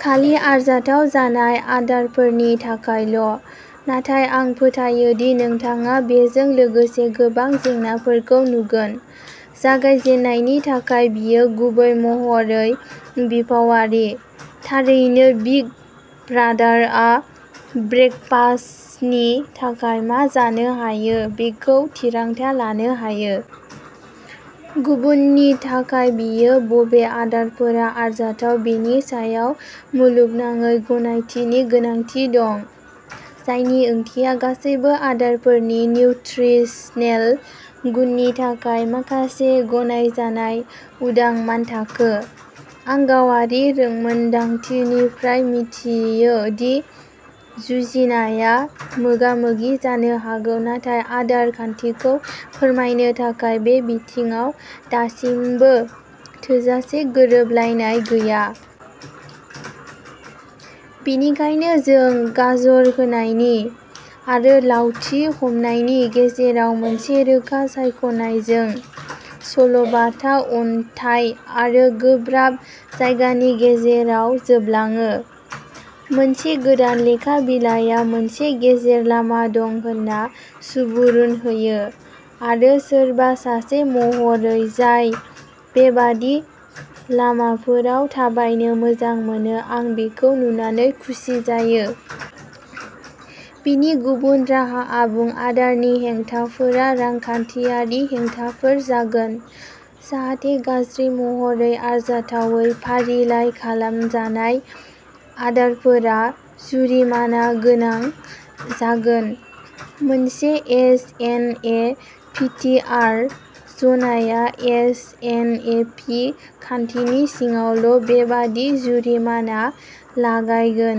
खालि आरजाथाव जानाय आदारफोरनि थाखायल'। नाथाय आं फोथायो दि नोंथाङा बेजों लोगोसे गोबां जेंनाफोरखौ नुगोन। जागायजेननायनि थाखाय बेयो गुबै महरै बिफावयारि। थारैनो बिग ब्रादारआ ब्रेकफास्टनि थाखाय मा जानो हायो बेखौ थिरांथा लानो हायो। गुबुननि थाखाय बेयो बबे आदारफोरा आरजाथाव बेनि सायाव मुलुगनाङै गनायथिनि गोनांथि दं, जायनि ओंथिया गासैबो आदारफोरनि निउट्रिसनेल गुननि थाखाय माखासे गनायजानाय उदां मानथाखो। आं गावारि रोंमोनदांथिनिफ्राय मिथियो दि जुजिनाया मोगामोगि जानो हागौ नाथाय आदार खान्थिखौ फोरमायनो थाखाय बे बिथिङाव दासिमबो थोजासे गोरोबलायनाय गैया। बेनिखायनो जों गाजर होनायनि, आरो लावथि हमनायनि गेजेराव मोनसे रोखा सायख'नायजों, सल'-बाथा अनथाइ आरो गोब्राब जायगानि गेजेराव जोबलाङो। मोनसे गोदान लेखा बिलाइआ मोनसे गेजेर लामा दं होनना सुबुरुन होयो, आरो सोरबा सासे महरै जाय बेबादि लामाफोराव थाबायनो मोजां मोनो आं बेखौ नुनानै खुसि जायो। बेनि गुबुन राहा आबुं आदारनि हेंथाफोरा रांखान्थियारि हेंथाफोर जागोन, जाहाथे' गाज्रि महरै आरजाथावै फारिलाइ खालामजानाय आदारफोरा जुरिमाना गोनां जागोन। मोनसे S N A P T R जनाया एस एन ए पि खान्थिनि सिङावल' बेबादि जुरिमाना लागायगोन।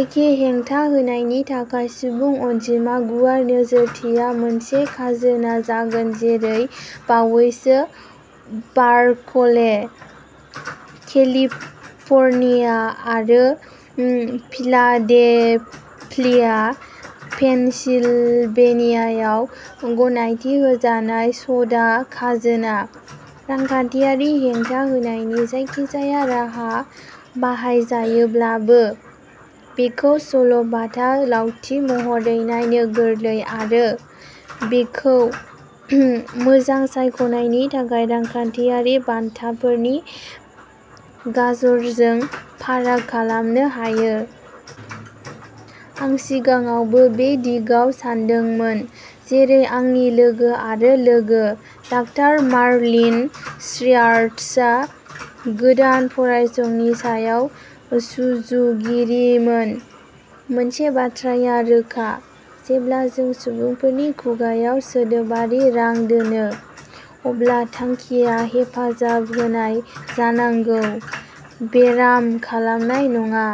एखे हेंथा होनायनि थाखाय सुबुं अनजिमा गुवार नोजोरथिया मोनसे खाजोना जागोन जेरै बावैसो बार्कले, केलिफर्निया आरो फिलाडेल्फिया, पेनसिलभेनियायाव गनायथि होजानाय स'डा खाजोना। रांखान्थियारि हेंथा होनायनि जायखिजाया राहा बाहायजायोब्लाबो, बेखौ सल'-बाथा लावथि महरै नायनो गोरलै, आरो बेखौ मोजां सायख'नायनि थाखाय रांखान्थियारि बान्थाफोरनि गाजरजों फाराग खालामनो हायो। आं सिगाङावबो बे दिगाव सानदोंमोन, जेरै आंनि लोगो आरो लोगो, डाक्टार मार्लिन श्वार्ट्जआ, गोदान फरायसंनि सायाव सुजुगिरिमोन। मोनसे बाथ्राया रोखा। जेब्ला जों सुबुंफोरनि खुगाआव सोदोबारि रां दोनो, अब्ला थांखिया हेफाजाब होनाय जानांगौ, बेराम खालामनाय नङा।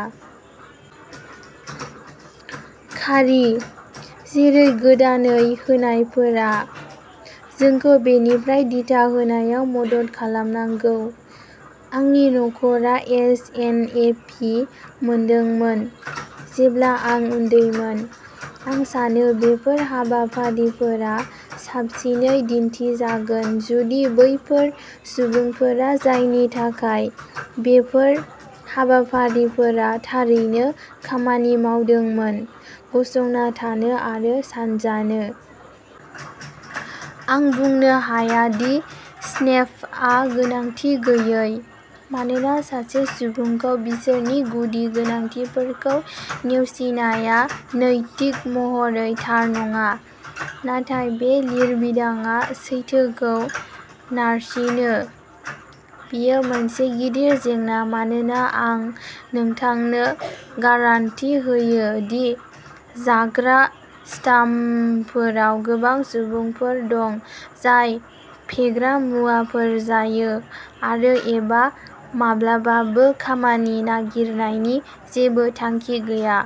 खारि, जेरै गोदानै होनायफोरा, जोंखौ बेनिफ्राय दिथा होनायाव मदद खालामनांगौ। आंनि नखरा एस एन ए पि मोनदोंमोन जेब्ला आं उन्दैमोन। आं सानो बेफोर हाबाफारिफोरा साबसिनै दिन्थिजागोन जुदि बैफोर सुबुंफोरा जायनि थाखाय बेफोर हाबाफारिफोरा थारैनो खामानि मावदोंमोन गसंना थानो आरो सानजानो। आं बुंनो हाया दि स्नेपआ गोनांथि गैयै, मानोना सासे सुबुंखौ बिसोरनि गुदि गोनांथिफोरखौ नेवसिनाया नैतिक महरै थार नङा। नाथाय बे लिरबिदांआ सैथोखौ नारसिनो। बेयो मोनसे गिदिर जेंना मानोना आं नोंथांनो गारान्टि होयो दि जाग्रा स्टाम्पफोराव गोबां सुबुंफोर दं जाय फेग्रा मुवाफोर जायो आरो एबा माब्लाबाबो खामानि नागिरनायनि जेबो थांखि गैया।